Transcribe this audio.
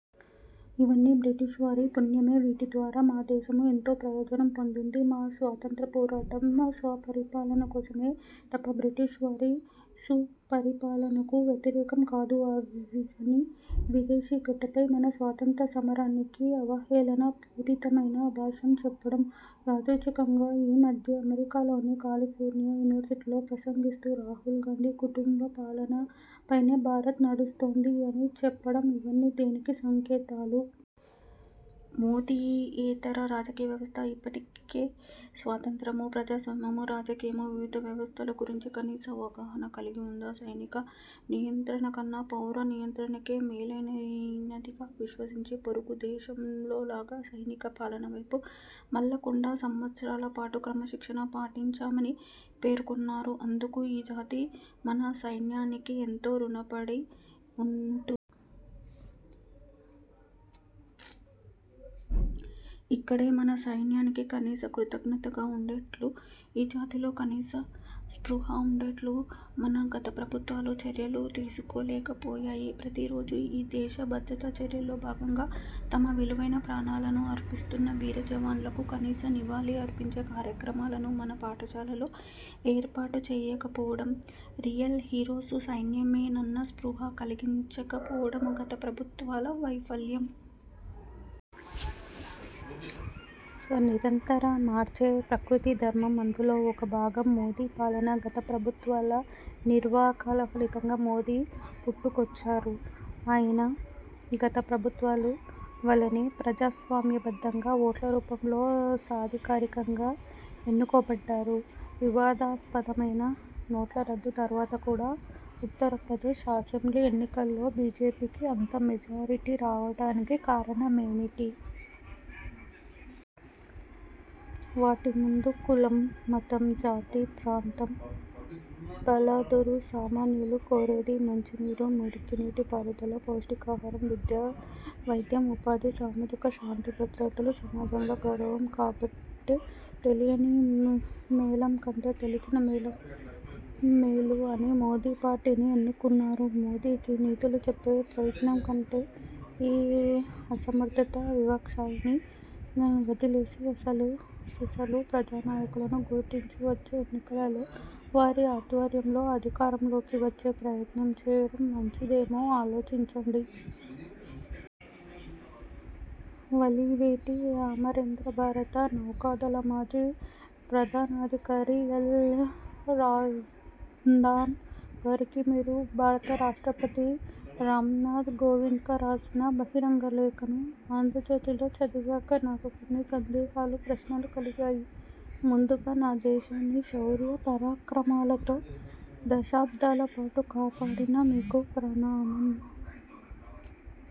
ఇవన్నీ బ్రిటిష్ వారి పుణ్యమే. వీటి ద్వారా మా దేశం ఎంతో ప్రయోజనం పొందింది. మా స్వాతంత్ర్య పోరాటం స్వపరిపాలన కోసమే తప్ప బ్రిటిష్వారి సుపరిపాలనకు వ్యతిరేకం కాదు'' అని విదేశీగడ్డపై మన స్వాతంత్ర్య సమరానికి అవహేళన పూరితమైన భాష్యం చెప్పడం, యాదృచ్ఛికంగా ఈమధ్యే అమెరికాలోని కాలిఫోర్నియా యూనివర్సిటీలో ప్రసంగిస్తూ రాహుల్ గాంధీ కుటుంబపాలన పైనే భారత్ నడుస్తోంది అని చెప్పడం ఇవన్నీ దేనికి సంకేతాలు? మోదీయేతర రాజకీయవ్యవస్థ ఇప్పటికే స్వాతంత్య్రం, ప్రజాస్వామ్యం, రాజ్యాంగం, వివిధ వ్యవస్థలు గురించి కనీస అవగాహన కలిగి ఉందా? సైనిక నియంత్రణకన్నా పౌర నియంత్రణే మేలైనదిగా విశ్వసించి పొరుగు దేశంలోలాగా సైనిక పాలన వైపు మళ్లకుండా సంవత్సరాలపాటు క్రమశిక్షణ పాటించామని పేర్కొన్నారు. అందుకు ఈ జాతి మన సైన్యానికి ఎంతో రుణపడి ఉంటుం. ఇక్కడే మన సైన్యానికి కనీస కృతజ్ఞతగా ఉండేట్లు ఈ జాతిలో కనీస స్పృహ ఉండేట్లు మన గత ప్రభుత్వాలు చర్యలు తీసుకోలేకపోయాయి. ప్రతి రోజూ ఈ దేశ భద్రత చర్యల్లో భాగంగా తమ విలువైన ప్రాణాలను అర్పిస్తున్న వీర జవాన్లకు కనీస నివాళి అర్పించే కార్యక్రమాలను మన పాఠశాలల్లో ఏర్పాటు చేయకపోవడం, రియల్ హీరోస్ సైన్యమేనన్న స్పృహ కలిగించకపోవడం గత ప్రభుత్వాల వైఫల్యం. సర్, నిరంతర మార్పే ప్రకృతి ధర్మం. అందులో ఒక భాగం మోదీ పాలన. గత ప్రభుత్వాల నిర్వాకాల ఫలితంగా మోదీ పుట్టుకొచ్చారు. ఆయన గత ప్రభుత్వాలు వలెనే ప్రజాస్వామ్యబద్ధంగా ఓట్ల రూపంలో సాధికారికంగా ఎన్నుకో బడ్డారు. వివాదాస్పదమైన నోట్లరద్దు తర్వాత కూడా ఉత్తరప్రదేశ్ అసెంబ్లీ ఎన్నికలలో బీజేపీకి అంత మెజారిటీ రావడానికి కారణమేంటి? వాటి ముందు కులం, మతం, జాతి, ప్రాంతం బలాదూర్. సామాన్యులు కోరేది మంచినీరు, మురికినీటి పారుదల, పౌష్టికాహారం, విద్య, వైద్యం, ఉపాధి, సామాజిక శాంతి భద్రతలు, సమాజంలో గౌరవం. కాబట్టే తెలియని మేళం కంటే తెలిసిన మేళం మేలు అని మోదీ పార్టీని ఎన్నుకున్నారు. మోదీకి నీతులు చెప్పే ప్రయత్నం కంటే ఈ అసమర్థ విపక్షాల్ని వదిలేసి అసలు సిసలు ప్రజానాయకులను గుర్తించి వచ్చే ఎన్నికలలో వారి ఆధ్వర్యంలో అధికారంలోకి వచ్చే ప్రయత్నం చేయడం మంచిదేమో, ఆలోచించండి. వలివేటి అమరేంద్ర భారత నౌకాదళ మాజీ ప్రధానాధికారి ఎల్. రామ్దాస్ గారికి, మీరు భారత రాష్ట్రపతి రామ్నాథ్ కోవింద్కు రాసిన బహిరంగ లేఖను ఆంధ్రజ్యోతిలో చదివాక నాకు కొన్ని సందేహాలు, ప్రశ్నలు కలిగాయి. ముందుగా నా దేశాన్ని శౌర్య పరాక్రమాలతో దశాబ్దాలపాటు కాపాడిన మీకు ప్రణామం.